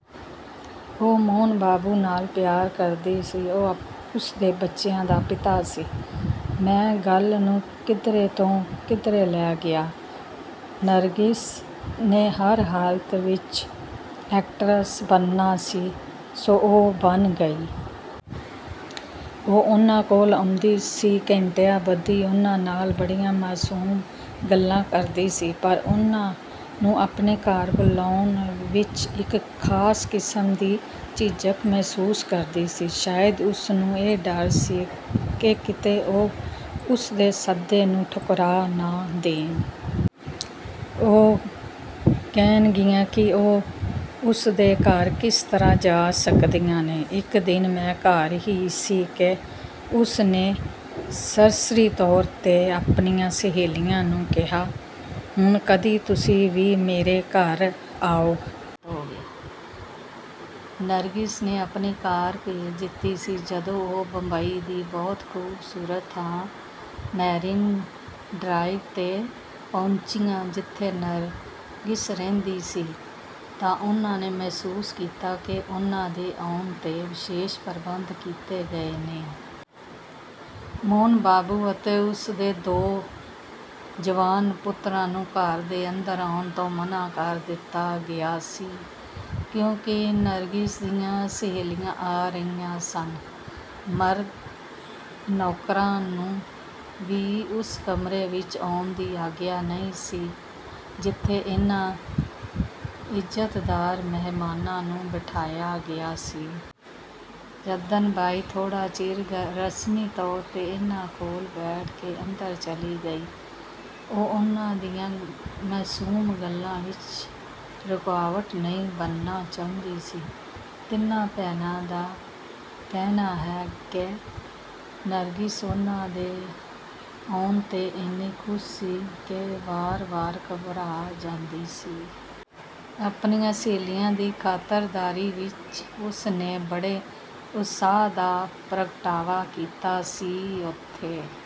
ਉਹ ਮੋਹਨ ਬਾਬੂ ਨਾਲ ਪਿਆਰ ਕਰਦੀ ਸੀ। ਉਹ ਉਸਦੇ ਬੱਚਿਆਂ ਦਾ ਪਿਤਾ ਸੀ। ਮੈਂ ਗੱਲ ਨੂੰ ਕਿੱਧਰੇ ਤੋਂ ਕਿੱਧਰੇ ਲੈ ਗਿਆ। ਨਰਗਿਸ ਨੇ ਹਰ ਹਾਲਤ ਵਿੱਚ ਐਕਟਰਸ ਬਣਨਾ ਸੀ ਸੋ ਉਹ ਬਣ ਗਈ। ਉਹ ਉਨ੍ਹਾਂ ਕੋਲ ਆਉਂਦੀ ਸੀ ਘੰਟਿਆਂ ਬੱਧੀ ਉਨ੍ਹਾਂ ਨਾਲ ਬੜੀਆਂ ਮਾਸੂਮ ਗੱਲਾਂ ਕਰਦੀ ਸੀ ਪਰ ਉਨ੍ਹਾਂ ਨੂੰ ਆਪਣੇ ਘਰ ਬੁਲਾਉਣ ਵਿੱਚ ਇੱਕ ਖਾਸ ਕਿਸਮ ਦੀ ਝਿਜਕ ਮਹਿਸੂਸ ਕਰਦੀ ਸੀ। ਸ਼ਾਇਦ ਉਸਨੂੰ ਇਹ ਡਰ ਸੀ ਕਿ ਕਿਤੇ ਉਹ ਉਸਦੇ ਸੱਦੇ ਨੂੰ ਠੁਕਰਾ ਨਾ ਦੇਣ। ਉਹ ਕਹਿਣਗੀਆਂ ਕਿ ਉਹ ਉਸਦੇ ਘਰ ਕਿਸ ਤਰ੍ਹਾਂ ਜਾ ਸਕਦੀਆਂ ਨੇ। ਇੱਕ ਦਿਨ ਮੈਂ ਘਰ ਹੀ ਸੀ ਕਿ ਉਸ ਨੇ ਸਰਸਰੀ ਤੌਰ ਤੇ ਆਪਣੀਆਂ ਸਹੇਲੀਆਂ ਨੂੰ ਕਿਹਾ ਹੁਣ ਕਦੀ ਤੁਸੀਂ ਵੀ ਮੇਰੇ ਘਰ ਆਉ। ਨਰਗਿਸ ਨੇ ਆਪਣੀ ਕਾਰ ਭੇਜ ਦਿੱਤੀ ਸੀ। ਜਦੋਂ ਉਹ ਬੰਬਈ ਦੀ ਬਹੁਤ ਖੂਬਸੂਰਤ ਥਾਂ ਮੈਰਿਨ ਡਰਾਈਵ ਤੇ ਪਹੁੰਚੀਆਂ ਜਿੱਥੇ ਨਰਗਿਸ ਰਹਿੰਦੀ ਸੀ ਤਾਂ ਉਨ੍ਹਾਂ ਨੇ ਮਹਿਸੂਸ ਕੀਤਾ ਕਿ ਉਨ੍ਹਾਂ ਦੇ ਆਉਣ ਤੇ ਵਿਸ਼ੇਸ਼ ਪ੍ਰਬੰਧ ਕੀਤੇ ਗਏ ਨੇ। ਮੋਹਨ ਬਾਬੂ ਅਤੇ ਉਸ ਦੇ ਦੋ ਜਵਾਨ ਪੁੱਤਰਾਂ ਨੂੰ ਘਰ ਦੇ ਅੰਦਰ ਆਉਣ ਤੋਂ ਮਨ੍ਹਾ ਕਰ ਦਿੱਤਾ ਗਿਆ ਸੀ ਕਿਉਂਕਿ ਨਰਗਿਸ ਦੀਆਂ ਸਹੇਲੀਆਂ ਆ ਰਹੀਆਂ ਸਨ। ਮਰਦ ਨੌਕਰਾਂ ਨੂੰ ਵੀ ਉਸ ਕਮਰੇ ਵਿੱਚ ਆਉਣ ਦੀ ਆਗਿਆ ਨਹੀਂ ਸੀ ਜਿੱਥੇ ਇਹਨਾਂ ਇੱਜ਼ਤਦਾਰ ਮਹਿਮਾਨਾਂ ਨੂੰ ਬਿਠਾਇਆ ਗਿਆ ਸੀ। ਜੱਦਨ ਬਾਈ ਥੋੜ੍ਹਾ ਚਿਰ ਰਸਮੀ ਤੌਰ ਤੇ ਇਨ੍ਹਾਂ ਕੋਲ ਬੈਠ ਕੇ ਅੰਦਰ ਚਲੀ ਗਈ। ਉਹ ਉਨ੍ਹਾਂ ਦੀਆਂ ਮਾਸੂਮ ਗੱਲਾਂ ਵਿੱਚ ਰੁਕਾਵਟ ਨਹੀਂ ਬਣਨਾ ਚਾਹੁੰਦੀ ਸੀ। ਤਿੰਨਾਂ ਭੈਣਾਂ ਦਾ ਕਹਿਣਾ ਹੈ ਕਿ ਨਰਗਿਸ ਉਨ੍ਹਾਂ ਦੇ ਆਉਣ ਤੇ ਇੰਨੀ ਖੁਸ਼ ਸੀ ਕਿ ਵਾਰ ਵਾਰ ਘਬਰਾ ਜਾਂਦੀ ਸੀ। ਆਪਣੀਆਂ ਸਹੇਲੀਆਂ ਦੀ ਖਾਤਰਦਾਰੀ ਵਿੱਚ ਉਸਨੇ ਬੜੇ ਉਤਸ਼ਾਹ ਦਾ ਪ੍ਰਗਟਾਵਾ ਕੀਤਾ ਸੀ। ਉਥੇ